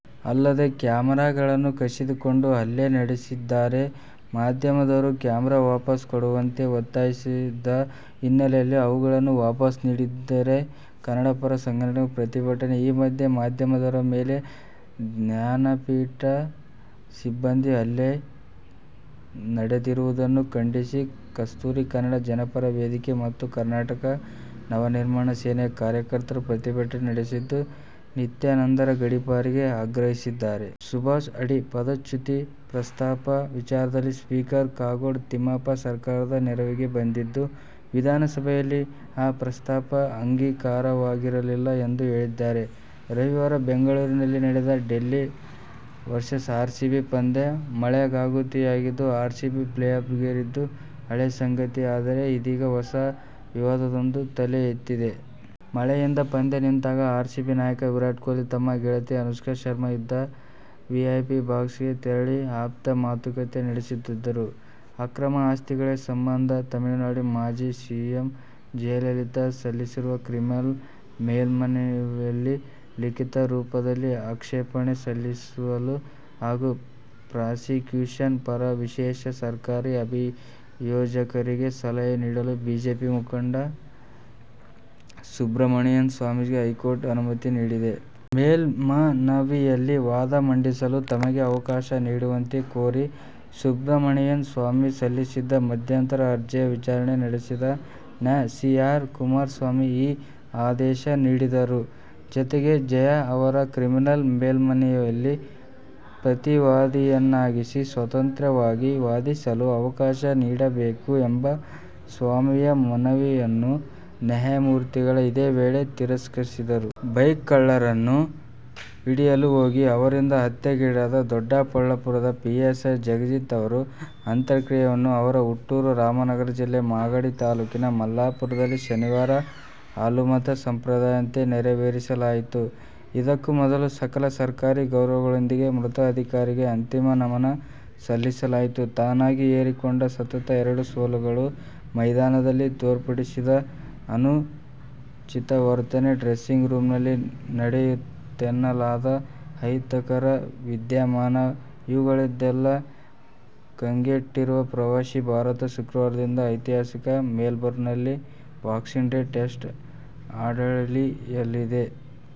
ಅಲ್ಲದೇ ಕ್ಯಾಮರಾಗಳನ್ನು ಕಸಿದುಕೊಂಡು ಹಲ್ಲೆ ನಡೆಸಿದ್ದಾರೆ. ಮಾಧ್ಯಮದವರು ಕ್ಯಾಮರಾ ವಾಪಸ್ ಕೊಡುವಂತೆ ಒತ್ತಾಯಿಸಿದ ಹಿನ್ನೆಲೆಯಲ್ಲಿ ಅವುಗಳನ್ನು ವಾಪಸ್ ನೀಡಿದ್ದಾರೆ. ಕನ್ನಡ ಪರ ಸಂಘಟನೆಗಳ ಪ್ರತಿಭಟನೆ:ಈ ಮಧ್ಯೆ, ಮಾಧ್ಯಮದವರ ಮೇಲೆ ಧ್ಯಾನಪೀಠದ ಸಿಬ್ಬಂದಿ ಹಲ್ಲೆ ನಡೆದಿರುವುದನ್ನು ಖಂಡಿಸಿ ಕಸ್ತೂರಿ ಕನ್ನಡ ಜನಪರ ವೇದಿಕೆ ಮತ್ತು ಕರ್ನಾಟಕ ನವನಿರ್ಮಾಣ ಸೇನೆಯ ಕಾರ್ಯಕರ್ತರು ಪ್ರತಿಭಟನೆ ನಡೆಸಿದ್ದು, ನಿತ್ಯಾನಂದರ ಗಡಿಪಾರಿಗೆ ಆಗ್ರಹಿಸಿದ್ದಾರೆ. ಸುಭಾಷ್ ಅಡಿ ಪದಚ್ಯುತಿ ಪ್ರಸ್ತಾಪ ವಿಚಾರದಲ್ಲಿ ಸ್ಪೀಕರ್ ಕಾಗೋಡು ತಿಮ್ಮಪ್ಪ ಸರ್ಕಾರದ ನೆರವಿಗೆ ಬಂದಿದ್ದು, ವಿಧಾನಸಭೆಯಲ್ಲಿ ಆ ಪ್ರಸ್ತಾಪ ಅಂಗೀಕಾರವಾಗಿರಲಿಲ್ಲ ಎಂದು ಹೇಳಿದ್ದಾರೆ. ರವಿವಾರ ಬೆಂಗಳೂರಿನಲ್ಲಿ ನಡೆದ ಡೆಲ್ಲಿ-ಆರ್ಸಿಬಿ ಪಂದ್ಯ ಮಳೆಗಾಹುತಿಯಾಗಿದ್ದು, ಆರ್ಸಿಬಿ ಪ್ಲೇಆಫ್ಗೇರಿದ್ದು ಹಳೇ ಸಂಗತಿ. ಆದರೆ ಇದೀಗ ಹೊಸ ವಿವಾದವೊಂದು ತಲೆ ಎತ್ತಿದೆ. ಮಳೆಯಿಂದ ಪಂದ್ಯ ನಿಂತಾಗ ಆರ್ಸಿಬಿ ನಾಯಕ ವಿರಾಟ್ ಕೊಹ್ಲಿ ತಮ್ಮ ಗೆಳತಿ ಅನುಷ್ಕಾ ಶರ್ಮಾ ಇದ್ದ ವಿಐಪಿ ಬಾಕ್ಸ್ಗೆ ತೆರಳಿ ಆಪ್ತ ಮಾತುಕತೆ ನಡೆಸಿದ್ದರು. ಅಕ್ರಮ ಆಸ್ತಿ ಗಳಿಕೆ ಸಂಬಂಧ ತಮಿಳುನಾಡು ಮಾಜಿ ಸಿಎಂ ಜಯಲಲಿತಾ ಸಲ್ಲಿಸಿರುವ ಕ್ರಿಮಿನಲ್ ಮೇಲ್ಮನವಿಯಲ್ಲಿ ಲಿಖೀತ ರೂಪದಲ್ಲಿ ಆಕ್ಷೇಪಣೆ ಸಲ್ಲಿಸಲು ಹಾಗೂ ಪ್ರಾಸಿಕ್ಯೂಷನ್ ಪರ ವಿಶೇಷ ಸರ್ಕಾರಿ ಅಭಿಯೋಜಕರಿಗೆ ಸಲಹೆ ನೀಡಲು ಬಿಜೆಪಿ ಮುಖಂಡ ಸುಬ್ರಮಣಿಯನ್ ಸ್ವಾಮಿಗೆ ಹೈಕೋರ್ಟ್ ಅನುಮತಿ ನೀಡಿದೆ. ಮೇಲ್ಮನವಿಯಲ್ಲಿ ವಾದ ಮಂಡಿಸಲು ತಮಗೆ ಅವಕಾಶ ನೀಡುವಂತೆ ಕೋರಿ ಸುಬ್ರಮಣಿಯನ್ ಸ್ವಾಮಿ ಸಲ್ಲಿಸಿದ್ದ ಮಧ್ಯಂತರ ಅರ್ಜಿಯ ವಿಚಾರಣೆ ನಡೆಸಿದ ನ್ಯಾ. ಸಿ. ಆರ್. ಕುಮಾರ್ ಸ್ವಾಮಿ ಈ ಆದೇಶ ನೀಡಿದರು. ಜತೆಗೆ, ಜಯಾ ಅವರ ಕ್ರಿಮಿನಲ್ ಮೇಲ್ಮನವಿಯಲ್ಲಿ ಪ್ರತಿವಾದಿಯನ್ನಾಗಿಸಿ ಸ್ವತಂತ್ರ್ಯವಾಗಿ ವಾದಿಸಲು ಅವಕಾಶ ನೀಡಬೇಕು ಎಂಬ ಸ್ವಾಮಿಯ ಮನವಿಯನ್ನು ನ್ಯಾಯಮೂರ್ತಿಗಳು ಇದೇ ವೇಳೆ ತಿರಸ್ಕರಿಸಿದರು. ಬೈಕ್ ಕಳ್ಳರನ್ನು ಹಿಡಿಯಲು ಹೋಗಿ ಅವರಿಂದ ಹತ್ಯೆಗೀಡಾದ ದೊಡ್ಡಬಳ್ಳಾಪುರ ಪಿಎಸ್ಐ ಜಗದೀಶ್ ಅವರ ಅಂತ್ಯಕ್ರಿಯೆಯನ್ನು ಅವರ ಹುಟ್ಟೂರು ರಾಮನಗರ ಜಿಲ್ಲೆ ಮಾಗಡಿ ತಾಲೂಕಿನ ಮಲ್ಲಾಪುರದಲ್ಲಿ ಶನಿವಾರ ಹಾಲುಮತ ಸಂಪ್ರದಾಯದಂತೆ ನೆರವೇರಿಸಲಾಯಿತು. ಇದಕ್ಕೂ ಮೊದಲು ಸಕಲ ಸರ್ಕಾರಿ ಗೌರವಗಳೊಂದಿಗೆ ಮೃತ ಅಧಿಕಾರಿಗೆ ಅಂತಿಮ ನಮನ ಸಲ್ಲಿಸಲಾಯಿತು. ತಾನಾಗಿ ಹೇರಿಕೊಂಡ ಸತತ ಎರಡು ಸೋಲುಗಳು, ಮೈದಾನದಲ್ಲಿ ತೋರ್ಪಡಿಸಿದ ಅನುಚಿತ ವರ್ತನೆ, ಡ್ರೆಸ್ಸಿಂಗ್ ರೂಮ್ನಲ್ಲಿ ನಡೆಯಿತೆನ್ನಲಾದ ಅಹಿತಕರ ವಿದ್ಯಮಾನಇವುಗಳಿಂದೆಲ್ಲ ಕಂಗೆಟ್ಟಿರುವ ಪ್ರವಾಸಿ ಭಾರತ ಶುಕ್ರವಾರದಿಂದ ಐತಿಹಾಸಿಕ ಮೆಲ್ಬರ್ನ್ನಲ್ಲಿ "ಬಾಕ್ಸಿಂಗ್ ಡೇ' ಟೆಸ್ಟ್ ಆಡಲಿಳಿಯಲಿದೆ.